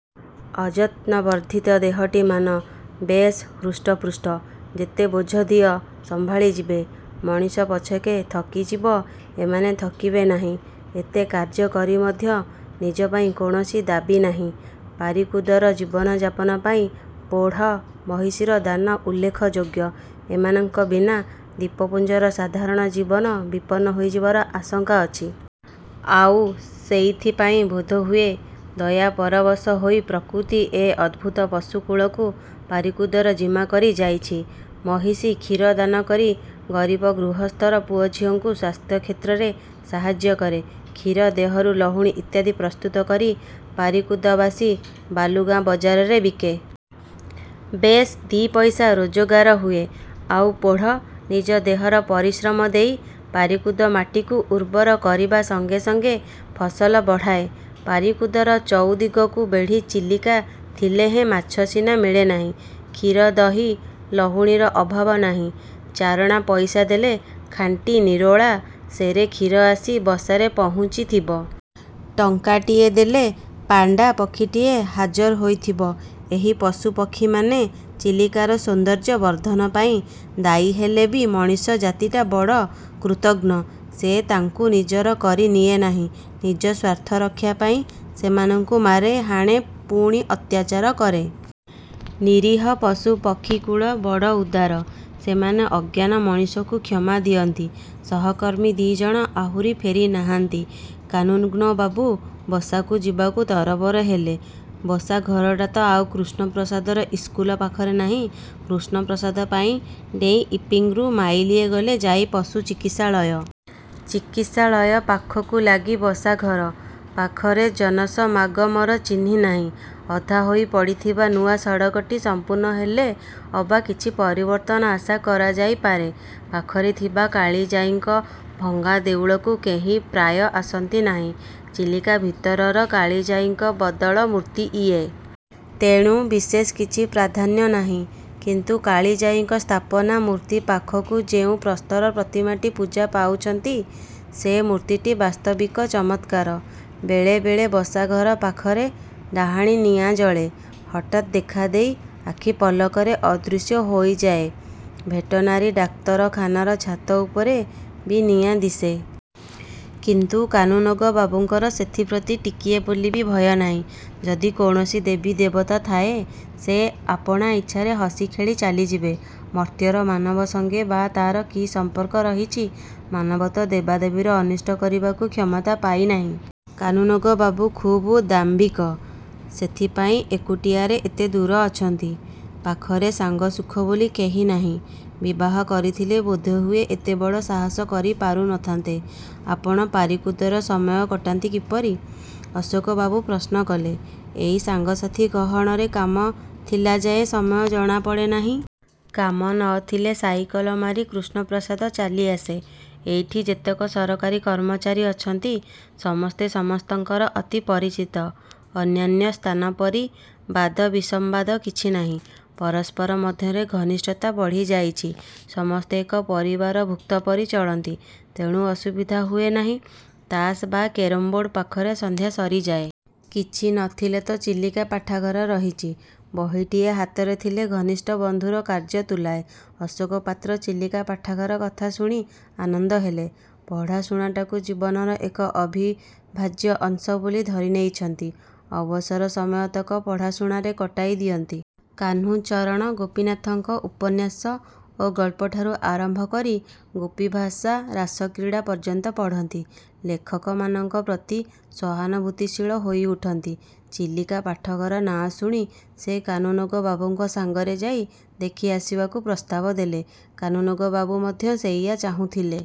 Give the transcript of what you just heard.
ଅଯତ୍ନ ବର୍ଦ୍ଧିତ ଦେହଟିମାନ ବେଶ୍ ହୃଷ୍ଟପୃଷ୍ଟ। ଯେତେ ବୋଝ ଦିଅ ସମ୍ଭାଳି ଯିବେ। ମଣିଷ ପଛକେ ଥକିଯିବ, ଏମାନେ ଥକିବେ ନାହିଁ। ଏତେ କାର୍ଯ୍ୟ କରି ମଧ୍ୟ ନିଜପାଇଁ କୌଣସି ଦାବୀନାହିଁ। ପାରିକୁଦର ଜୀବନଯାପନ ପାଇଁ ପୋଢ଼ ମହିଷୀର ଦାନ ଉଲ୍ଲେଖ ଯୋଗ୍ୟ। ଏମାନଙ୍କ ବିନା ଦ୍ୱୀପପୁଞ୍ଜର ସାଧାରଣ ଜୀବନ ବିପନ୍ନ ହୋଇଯିବାର ଆଶଙ୍କା ଅଛି। ଆଉ ସେଇଥିପାଇଁ ବୋଧହୁଏ ଦୟାପରବଶ ହୋଇ ପ୍ରକୃତି ଏ ଅଦ୍ଭୂତ ପଶୁ କୁଳକୁ ପାରିକୁଦର ଜିମା କରି ଯାଇଛି! ମହିଷୀ କ୍ଷୀର ଦାନ କରି ଗରୀବ ଗୃହସ୍ଥର ପୁଅଝିଅଙ୍କୁ ସ୍ୱାସ୍ଥ୍ୟ କ୍ଷେତ୍ରରେ ସାହାଯ୍ୟ କରେ। କ୍ଷୀର ଦେହରୁ ଲହୁଣୀ ଇତ୍ୟାଦି ପ୍ରସ୍ତୁତ କରି ପାରିକୁଦବାସୀ ବାଲୁଗାଁ ବଜାରରେ ବିକେ। ବେଶ୍ ଦି'ପଇସା ରୋଜଗାର ହୁଏ। ଆଉ ପୋଢ଼ ନିଜ ଦେହର ପରିଶ୍ରମ ଦେଇ ପାରିକୁଦ ମାଟିକୁ ଉର୍ବର କରିବା ସଙ୍ଗେ ସଙ୍ଗେ ଫସଲ ବଢ଼ାଏ। ପାରିକୁଦର ଚଉଦିଗକୁ ବେଢ଼ି ଚିଲିକା ଥିଲେହେଁ ମାଛ ସିନା ମିଳେନାହିଁ, କ୍ଷୀର, ଦହି, ଲହୁଣୀର ଅଭାବ ନାହିଁ। ଚାରଣା ପଇସା ଦେଲେ ଖାଣ୍ଟି ନିରୋଳା ସେରେ କ୍ଷୀର ଆସି ବସାରେ ପହୁଞ୍ଚିଥିବ। ଟଙ୍କାଟିଏ ଦେଲେ ପାଣ୍ଡା ପକ୍ଷୀଟିଏ ହାଜର ହୋଇଥିବ। ଏହି ପଶୁ ପକ୍ଷୀମାନେ ଚିଲିକାର ସୌନ୍ଦର୍ଯ୍ୟ ବର୍ଦ୍ଧନ ପାଇଁ ଦାୟୀହେଲେ ବି ମଣିଷ ଜାତିଟା ବଡ଼ କୃତଘ୍ନ। ସେ ତାଙ୍କୁ ନିଜର କରି ନିଏନାହିଁ। ନିଜ ସ୍ୱାର୍ଥରକ୍ଷା ପାଇଁ ସେମାନଙ୍କୁ ମାରେ ହାଣେ ପୁଣି ଅତ୍ୟାଚାର କରେ। ନିରୀହ ପଶୁ ପକ୍ଷୀକୁଳ ବଡ଼ ଉଦାର! ସେମାନେ ଅଜ୍ଞାନ ମଣିଷକୁ କ୍ଷମା ଦିଅନ୍ତି। ସହକର୍ମୀ ଦି'ଜଣ ଆହୁରି ଫେରି ନାହାନ୍ତି? କାନୁନ୍ଗୋ ବାବୁ ବସାକୁ ଯିବାକୁ ତରବର ହେଲେ। ବସାଘରଟା ତ ଆଉ କୃଷ୍ଣପ୍ରସାଦର ଇସ୍କୁଲ ପାଖରେ ନାହିଁ! କୃଷ୍ଣପ୍ରସାଦ ଡେଇଁ ଇପିଙ୍ଗରୁ ମାଇଲିଏ ଗଲେ ଯାଇ ପଶୁ ଚିକିତ୍ସାଳୟ। ଚିକିତ୍ସାଳୟ ପାଖକୁ ଲାଗି ବସାଘର। ପାଖରେ ଜନସମାଗମର ଚିହ୍ନି ନାହିଁ। ଅଧାହୋଇ ପଡ଼ିଥିବା ନୂଆ ସଡ଼କଟି ସଂପୂର୍ଣ୍ଣ ହେଲେ ଅବା କିଛି ପରିବର୍ତ୍ତନ ଆଶା କରାଯାଇ ପାରେ! ପାଖରେ ଥିବା କାଳିଜାଈଙ୍କ ଭଙ୍ଗା ଦେଉଳକୁ କେହି ପ୍ରାୟ ଆସନ୍ତି ନାହିଁ। ଚିଲିକା ଭିତରର କାଳିଜାଈଙ୍କ ବଦଳ ମୂର୍ତ୍ତି ଇଏ। ତେଣୁ ବିଶେଷ କିଛି ପ୍ରାଧାନ୍ୟ ନାହିଁ। କିନ୍ତୁ କାଳିଜାଈଙ୍କ ସ୍ଥାପନା ମୂର୍ତ୍ତି ପାଖକୁ ଯେଉଁ ପ୍ରସ୍ତର ପ୍ରତିମାଟି ପୂଜା ପାଉଛନ୍ତି, ସେ ମୂର୍ତ୍ତିଟି ବାସ୍ତବିକ ଚମତ୍କାର। ବେଳେ ବେଳେ ବସାଘର ପାଖରେ ଡାହାଣୀ ନିଆଁ ଜଳେ। ହଠାତ୍ ଦେଖାଦେଇ ଆଖି ପଲକରେ ଅଦୃଶ୍ୟ ହୋଇଯାଏ। ଭେଟନାରୀ ଡାକ୍ତରଖାନାର ଛାତ ଉପରେ ବି ନିଆଁ ଦିଶେ। କିନ୍ତୁ କାନୁନ୍ଗୋ ବାବୁଙ୍କର ସେଥିପ୍ରତି ଟିକିଏ ବୋଲି ବି ଭୟ ନାହିଁ। ଯଦି କୌଣସି ଦେବୀ ଦେବତା ଥାଏ, ସେ ଆପଣା ଇଚ୍ଛାରେ ହସି ଖେଳି ଚାଲିଯିବେ। ମର୍ତ୍ତ୍ୟର ମାନବ ସଙ୍ଗେ ବା ତାର କି ସଂପର୍କ ରହିଛି? ମାନବ ତ ଦେବାଦେବୀର ଅନିଷ୍ଟ କରିବାକୁ କ୍ଷମତା ପାଇନାହିଁ। କାନୁନ୍ଗୋବାବୁ ଖୁବ୍ ଦାମ୍ଭୀକ। ସେଇଥିପାଇଁ ଏକୁଟିଆରେ ଏତେ ଦୂରେ ଅଛନ୍ତି। ପାଖରେ ସାଙ୍ଗସୁଖ ବୋଲି କେହି ନାହିଁ। ବିବାହ କରିଥିଲେ ବୋଧହୁଏ ଏତେ ବଡ଼ ସାହସ କରି ପାରୁ ନ ଥାନ୍ତେ। ଆପଣ ପାରିକୁଦରେ ସମୟ କଟାନ୍ତି କିପରି? ଅଶୋକବାବୁ ପ୍ରଶ୍ନ କଲେ। ଏଇ ସାଙ୍ଗ ସାଥି ଗହଣରେ କାମ ଥିଲାଯାଏ ସମୟ ଜଣାପଡ଼େ ନାହିଁ। କାମ ନ ଥିଲେ ସାଇକଲ ମାରି କୃଷ୍ଣପ୍ରସାଦ ଚାଲିଆସେ। ଏଇଠି ଯେତକ ସରକାରୀ କର୍ମଚାରୀ ଅଛନ୍ତି, ସମସ୍ତେ ସମସ୍ତଙ୍କର ଅତି ପରିଚିତ। ଅନ୍ୟାନ୍ୟ ସ୍ଥାନପରି ବାଦବିସମ୍ବାଦ କିଛି ନାହିଁ। ପରସ୍ପର ମଧ୍ୟରେ ଘନିଷ୍ଠତା ବଢ଼ିଯାଇଛି। ସମସ୍ତେ ଏକ ପରିବାରଭୁକ୍ତପରି ଚଳନ୍ତି। ତେଣୁ ଅସୁବିଧା ହୁଏନାହିଁ। ତାସ୍ ବା କେରମ୍ବୋର୍ଡ଼ ପାଖରେ ସନ୍ଧ୍ୟା ସରିଯାଏ। କିଛି ନ ଥିଲେ ତ 'ଚିଲିକା ପାଠାଗାର' ରହିଛି! ବହିଟିଏ। ହାତରେ ଥିଲେ ଘନିଷ୍ଠ ବନ୍ଧୁର କାର୍ଯ୍ୟ ତୁଲାଏ। ଅଶୋକ ପାତ୍ର ଚିଲିକା ପାଠାଗାର କଥା ଶୁଣି ଆନନ୍ଦ ହେଲେ। ପଢ଼ା ଶୁଣାଟାକୁ ଜୀବନର ଏକ ଅବିଭାଜ୍ୟ ଅଂଶ ବୋଲି ଧରିନେଇଛନ୍ତି। ଅବସର ସମୟତକ ପଢ଼ାଶୁଣାରେ କଟାଇ ଦିଅନ୍ତି। କାହ୍ନୁଚରଣ, ଗୋପିନାଥଙ୍କ ଉପନ୍ୟାସ ଓ ଗଳ୍ପଠାରୁ ଆରମ୍ଭ କରି ଗୋପିଭାଷା, ରାସକ୍ରୀଡ଼ା ପର୍ଯ୍ୟନ୍ତ ପଢ଼ନ୍ତି। ଲେଖକମାନଙ୍କ ପ୍ରତି ସହାନୁଭୂତିଶୀଳ ହୋଇ ଉଠନ୍ତି। 'ଚିଲିକା ପାଠାଗାର' ନାଁ ଶୁଣି ସେ କାନୁନ୍ଗୋ ବାବୁଙ୍କ ସଙ୍ଗରେ ଯାଇ ଦେଖିଆସିବାକୁ ପ୍ରସ୍ତାବ ଦେଲେ। କାନୁନ୍ଗୋବାବୁ ମଧ୍ୟ ସେଇଆ ଚାହୁଁଥିଲେ।